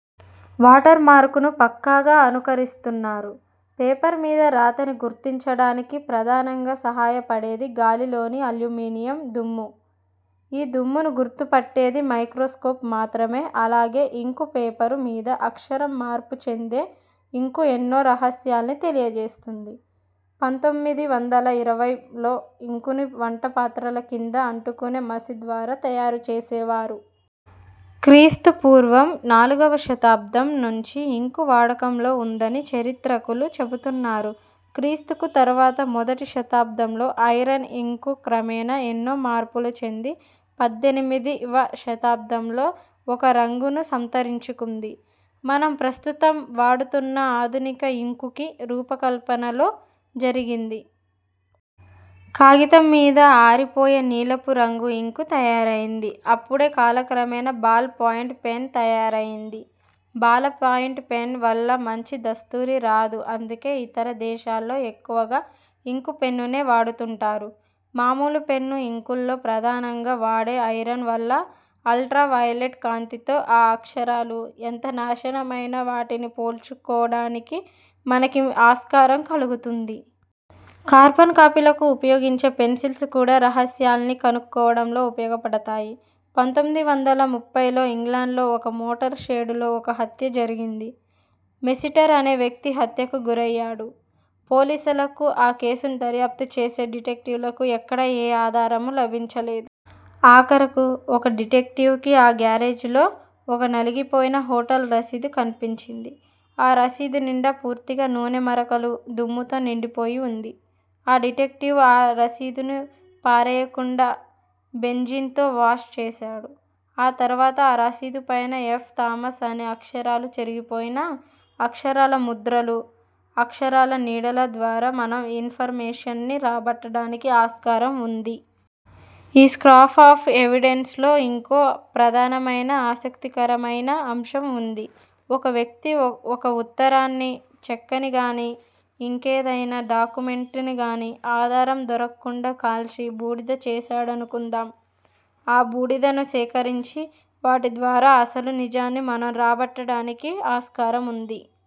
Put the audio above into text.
Water mark ను పక్కాగా అనుకరిస్తున్నారు. పేపర్ మీద రాతని గుర్తించడానికి ప్రధానంగా సహాయపడేది గాలిలోని అల్యూమినియం దుమ్ము. ఈ దుమ్మును గుర్తుపట్టేది మైక్రోస్కోప్ మాత్రమే అలాగే ఇంకు- పేపరు మీద అక్షరంగా మార్పుచెందే ఇంకు ఎన్నో రహస్యాల్ని తెలియజేస్తుంది. పంతోమిది వందలఇరవై లో ఇంకుని వంటపాత్రల కింద అంటుకునే మసిద్వారా తయారుచేసేవారు. క్రీస్తు పూర్వం నాలుగవ శతాబ్దం నుంచి ఇంకు వాడకంలో ఉందని చారిత్రకులు చెపుతున్నారు. క్రీస్తుకు తర్వాత మొదటి శతాబ్దంలో ఐరన్ ఇంకు క్రమేణా ఎన్నో మార్పులు చెంది పద్దెనిమిది వ శతాబ్దంలో ఒక రంగును సంతరించుకుంది. మనం ప్రస్తుతం వాడుతున్న ఆధునిక ఇంకుకి రూపకల్పన లో జరిగింది. కాగితమ్మీద ఆరిపోయే నీలపురంగు ఇంకు తయారైంది అప్పుడే కాలక్రమేణా బాల్ పాయింట్ పెన్ తయారైంది. బాల పాయింట్ పెన్ వల్ల మంచి దస్తూరి రాదు- అందుకే ఇతర దేశాల్లో ఎక్కువగా ఇంకు పెన్నునే వాడుతుంటారు. మామూలు పెన్ను ఇంకుల్లో ప్రధానంగా వాడే ఐరన్ వల్ల, అల్ట్రా వయోలెట్ కాంతిలో ఆ అక్షరాలు, ఎంత నాశనమైనా వాటిని పోల్చుకోడానికి మనకి ఆస్కారం కలుగుతుంది. కార్బన్ కాపీలకు ఉపయోగించే పెన్సిల్స్ కూడా రహస్యాల్ని కనుక్కోవడంలో ఉపయోగపడతాయి. పంతోమిది వందల ముప్పై లో ఇంగ్లాండ్ లో ఒక మోటారు షెడ్ లో ఒక హత్య జరిగింది. మెస్సిటర్ అనే వ్యక్తి హత్యకు గురయ్యాడు. పోలీసులకు ఆ కేసుని దర్యాప్తు చేసే డిటెక్టివ్ లకు ఎక్కడా ఏ ఆధారమూ లభించలేదు. ఆఖరకు, ఒక డిటెక్టివ్ కి ఆ గేరేజ్ లో ఒక నలిగిపోయిన హోటల్ రసీదు కన్పించింది. ఆ రసీదు నిండా పూర్తిగా నూనె మరకలు, దుమ్ముతో నిండిపోయి ఉంది. ఆ డిటెక్టివ్ ఆ రసీదుని పారెయ్యకుండా, బెంజిన్ తో వాష్ చేసాడు. ఆ తర్వాత ఆ రసీదు పైన ఎఫ్ థామస్ అనే అక్షరాలు చెరిగిపోయినా, అక్షరాల ముద్రలు, అక్షరాల నీడలా ద్వారా మనం ఇన్ ఫర్ మేషన్ ని రాబట్టడానికి ఆస్కారం ఉంది. ఈ స్క్రాప్ ఆఫ్ ఎవిడెన్స్ లో ఇంకో ప్రధానమైన ఆసక్తికరమయిన అంశం ఉంది. ఓ ఒక వ్యక్తి ఒక ఉత్తరాన్ని, చెక్కని గానీ, ఇంకేదయినా డాక్యుమెంట్ ని గాని ఆధారం దొరక్కుండా కాల్చి బూడిద చేసాడనుకుందాం ఆ బూడిదను సేకరించి, వాటి ద్వారా అసలు నిజాన్ని మనం రాబట్టడానికి ఆస్కారముంది.